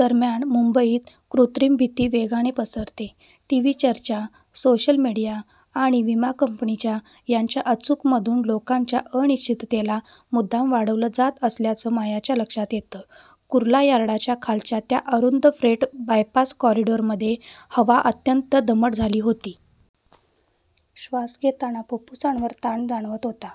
दरम्यान मुंबईत कृत्रिम भीती वेगाने पसरते. टीव्ही चर्चा, सोशल मीडिया आणि विमा कंपन्यांच्या यांच्या अचूक मधून लोकांच्या अनिश्चिततेला मुद्दाम वाढवलं जात असल्याचं मायाच्या लक्षात येतं. कुर्ला यार्डाच्या खालच्या त्या अरुंद 'फ्रेट बायपास कॉरिडॉर'मध्ये हवा अत्यंत दमट झाली होती. श्वास घेताना फुफ्फुसांवर ताण जाणवत होता.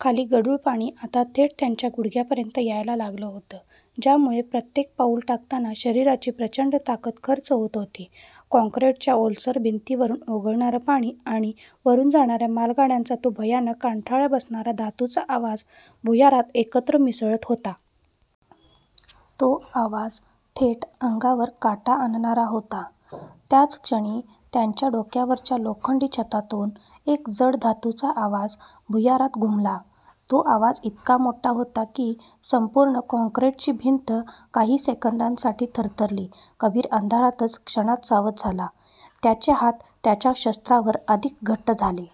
खाली गढूळ पाणी आता थेट त्यांच्या गुडघ्यापर्यंत यायला लागलं होतं, ज्यामुळे प्रत्येक पाऊल टाकताना शरीराची प्रचंड ताकद खर्च होत होती. काँक्रीटच्या ओलसर भिंतींवरून ओघळणारं पाणी आणि वरून जाणाऱ्या मालगाड्यांचा तो भयानक, कानठळ्या बसवणारा धातूचा आवाज भुयारात एकत्र मिसळत होता. तो आवाज थेट अंगावर काटा आणणारा होता. त्याच क्षणी त्यांच्या डोक्यावरच्या लोखंडी छतातून एक जड धातूचा आवाज भुयारात घुमला. तो आवाज इतका मोठा होता की, संपूर्ण काँक्रीटची भिंत काही सेकंदांसाठी थरथरली. कबीर अंधारातच क्षणात सावध झाला, त्याचे हात त्याच्या शस्त्रावर अधिक घट्ट झाले.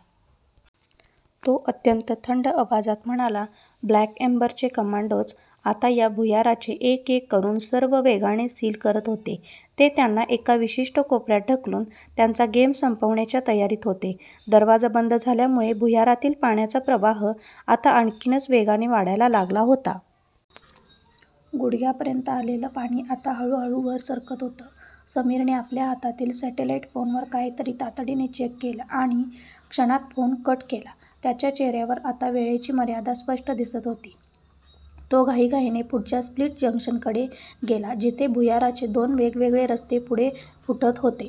तो अत्यंत थंड आवाजात म्हणाला, 'ब्लॅक एम्बर'चे कमांडोज आता या भुयाराचे एक-एक करून सर्व वेगाने सील करत होते. ते त्यांना एका विशिष्ट कोपऱ्यात ढकलून त्यांचा गेम संपवण्याच्या तयारीत होते. दरवाजा बंद झाल्यामुळे भुयारातील पाण्याचा प्रवाह आता आणखीनच वेगाने वाढायला लागला होता. गुडघ्यापर्यंत आलेलं पाणी आता हळूहळू वर सरकत होतं. समीरने आपल्या हातातील सॅटेलाईट फोनवर काहीतरी तातडीने चेक केलं आणि क्षणात फोन कट केला. त्याच्या चेहऱ्यावर आता वेळेची मर्यादा स्पष्ट दिसत होती. तो घाईघाईने पुढच्या स्प्लिट जंक्शनकडे गेला, जिथे भुयाराचे दोन वेगवेगळे रस्ते पुढे फुटत होते.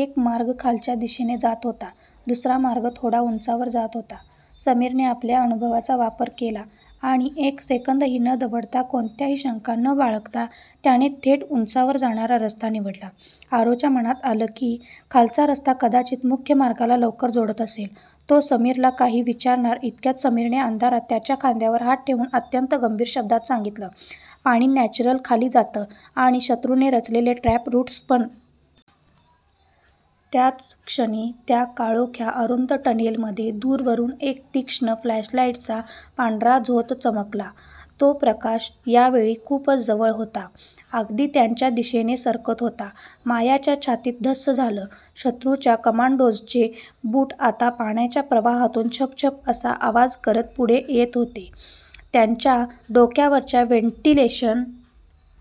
एक मार्ग खालच्या दिशेने जात होता. दुसरा मार्ग थोडा उंचावर जात होता. समीरने आपल्या अनुभवाचा वापर केला आणि एक सेकंदही न दवडता, कोणतीही शंका न बाळगता त्याने थेट उंचावर जाणारा रस्ता निवडला. आरवच्या मनात आलं की, खालचा रस्ता कदाचित मुख्य मार्गाला लवकर जोडत असेल, तो समीरला काही विचारणार इतक्यात समीरने अंधारात त्याच्या खांद्यावर हात ठेवून अत्यंत गंभीर शब्दात सांगितलं, "पाणी नॅचरली खाली जातं आणि शत्रूने रचलेले ट्रॅप रूट्स पण! " त्याच क्षणी त्या काळोख्या, अरुंद टनेलमध्ये दूरवरून एक तीक्ष्ण फ्लॅशलाईटचा पांढरा झोत चमकला. तो प्रकाश यावेळी खूपच जवळ होता, अगदी त्यांच्या दिशेनेच सरकत होता. मायाच्या छातीत धस्स झालं; शत्रूच्या कमांडोजचे बूट आता पाण्याच्या प्रवाहातून छपछप असा आवाज करत पुढे येत होते. त्यांच्या डोक्यावरच्या वेंटिलेशन